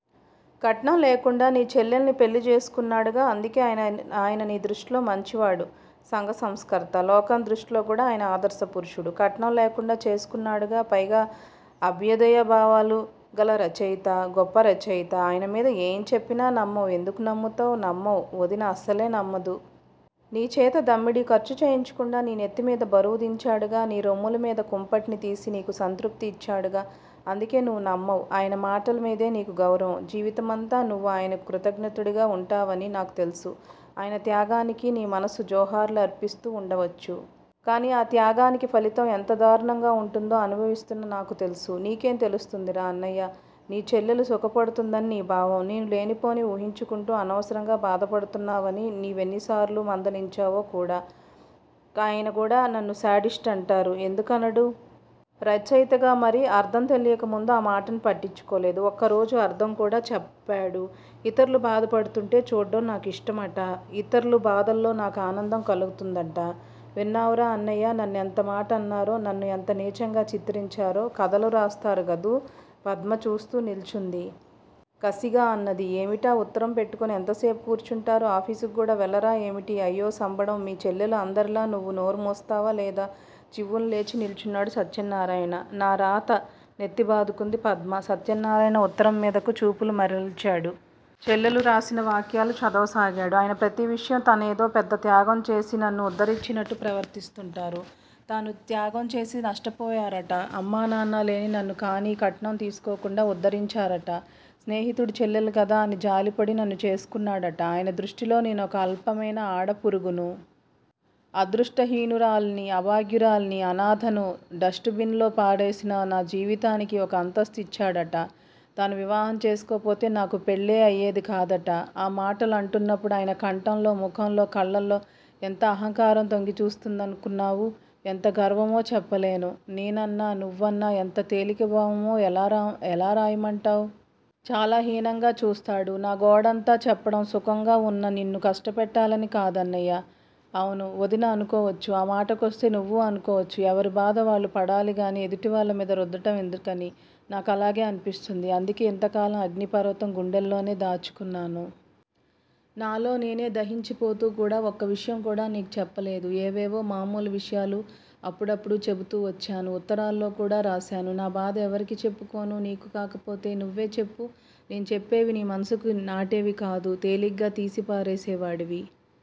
'కట్నం లేకుండా నీ చెల్లెల్నిపెళ్ళిచేసుకున్నాడుగా! అందుకే ఆయన నీ దృష్టిలో మంచివాడు. సంఘ సంస్కర్త. లోకం దృష్టిలో కూడా ఆయన ఆదర్శపురుషుడు. కట్నం లేకుండా చేసుకున్నాడుగా? పైగా అభ్య్దయభావాలుగల రచయిత! గొప్ప రచయిత. ఆయన మీద ఏం చెప్పినా నమ్మవు. ఎందుకు నమ్ముతావు? నమ్మవు. వదిన అసలే నమ్మదు. నీచేత దమ్మిడీ ఖర్చు చేయించకుండా నీ నెత్తిమీద బరువు దించాడుగా? నీ రొమ్ములమీద కుంపటిని తీసి నీకు సంతృప్తిని ఇచ్చాడుగా? అందుకే నువ్వు నమ్మవు. ఆయన మాటలమీదే నీకు గౌరవం! జీవితమంతా నువ్వు ఆయనకు కృతజ్ఞుడిగా వుంటావనీ నాకు తెలుసు. ఆయన త్యాగానికి నీ మనసు జోహార్లు అర్పిస్తూ వుండవచ్చు! కాని ఆ త్యాగానికి ఫలితం ఎంత దారుణంగా వుంటుందో అనుభవిస్తున్న నాకు తెలుసు. నీకేం తెలుస్తుందిరా అన్నయ్యా? నీ చెల్లెలు సుఖపడుతుందని నీ భావం. నేను లేనిపోనివి ఊహించుకుంటూ అనవసరంగా బాధపడుతున్నావని నీ వేన్నిసార్లో మందలించావు కూడా. ఆయన కూడా నన్ను 'శాడిస్టు' అంటారు! ఎందుకనడూ? రచయితగా మరి? అర్థం తెలియక ముందు ఆ మాటను పట్టించుకోలేదు. ఒకరోజు అర్థం కూడా చెప్పాడు. ఇతరులు బాధపడుతుంటే చూడటం నా కిష్టమట. ఇతర్ల బాధల్లో నాకు ఆనందం కలుగుతుందట! విన్నావురా అన్నయ్య? నన్ను ఎంతమాటన్నారో? నన్ను ఎంత నీచంగా చిత్రించారో! కథలు రాస్తారుగదూ! పద్మ చూస్తూ నిల్చుంది. కసిగా అన్నది- ఏమిటా ఉత్తరం పెట్టుకొని ఎంతసేపు కూర్చుంటారు? ఆఫీసుక్కూడా వెళ్ళారా ఏమిటి? అయ్యో సంబడం! మీ చెల్లెలు అందరిలా నువ్వు నోరు మూస్తావా లేదా? చివ్వున లేచి నిల్చున్నాడు సత్యనారాయణ. నా రాత! నెత్తి బాదుకుంది పద్మ. సత్యనారాయణ ఉత్తరం మీదకు చూపులు మరలిచాడు. చెల్లెలు రాసిన వాక్యాలు చదవసాగాడు. ఆయన ప్రతి నిముషం తనేదో పెద్ద త్యాగంచేసి నన్ను ఉద్ధరించినట్టు ప్రవర్తిస్తూ వుంటారు! తాను త్యాగంచేసి నష్టపోయారట. అమ్మా నాన్నా లేని నన్ను కానీ కట్నం తీసుకోకుండా ఉద్దరించారట. స్నేహితుడి చెల్లెలు కదా అని జాలిపడి నన్ను చేసుకున్నాడట! ఆయన దృష్టిలో నేను ఒక అల్పమైన ఆడపురుగును! అదృష్టహీనురాల్ని! అభాగ్యురాల్ని! అనాథను! డస్టుబిన్ లో పారేసిన నా జీవితానికి ఒక అంతస్తు ఇచ్చాడట. తాను వివాహం చేసుకోకపోతే నాకు పెళ్ళే అయేది కాదట! ఆ మాటలు అంటున్నప్పుడు ఆయన కంఠంలో, ముఖంలో, కళ్ళల్లో ఎంత అహంకారం తొంగి చూస్తుందనుకున్నావు? ఎంత గర్వమో చెప్పలేను. నేనన్నా, నువ్వన్నా ఎంత తేలిక భావమో ఎలా రాయమంటావు? చాలా హీనంగా చూస్తాడు. నా గోడంతా చెప్పడం సుఖంగా వున్న నిన్ను కష్టపెట్టాలని కాదు అన్నయ్యా! అవును! వదిన అనుకోవచ్చు! ఆ మాటకొస్తే నువ్వు అనుకోవచ్చు! ఎవరి బాధ వాళ్ళు పడాలిగాని ఎదుటివాళ్ళ మీద రుద్దడం ఎందుకని? నాకూ అలాగే అనిపిస్తుంది. అందుకే ఇంతకాలం అగ్ని పర్వతం గుండెల్లోనే దాచుకున్నాను. నాలో నేనే దహించిపోతూ కూడా ఒక్క విషయం కూడా నీకు చెప్పలేదు. ఏవేవో మామూలు విషయాలు అప్పుడప్పుడూ చెబుతూ వచ్చాను. ఉత్తరాల్లో కూడా రాశాను. నా బాధ ఎవరికి చెప్పుకోను నీకు కాకపోతే? నువ్వే చెప్పు! నేను చెప్పేవి నీ మనసుకు నాటేవి కాదు. తేలిగ్గా తీసి పారేసేవాడివి!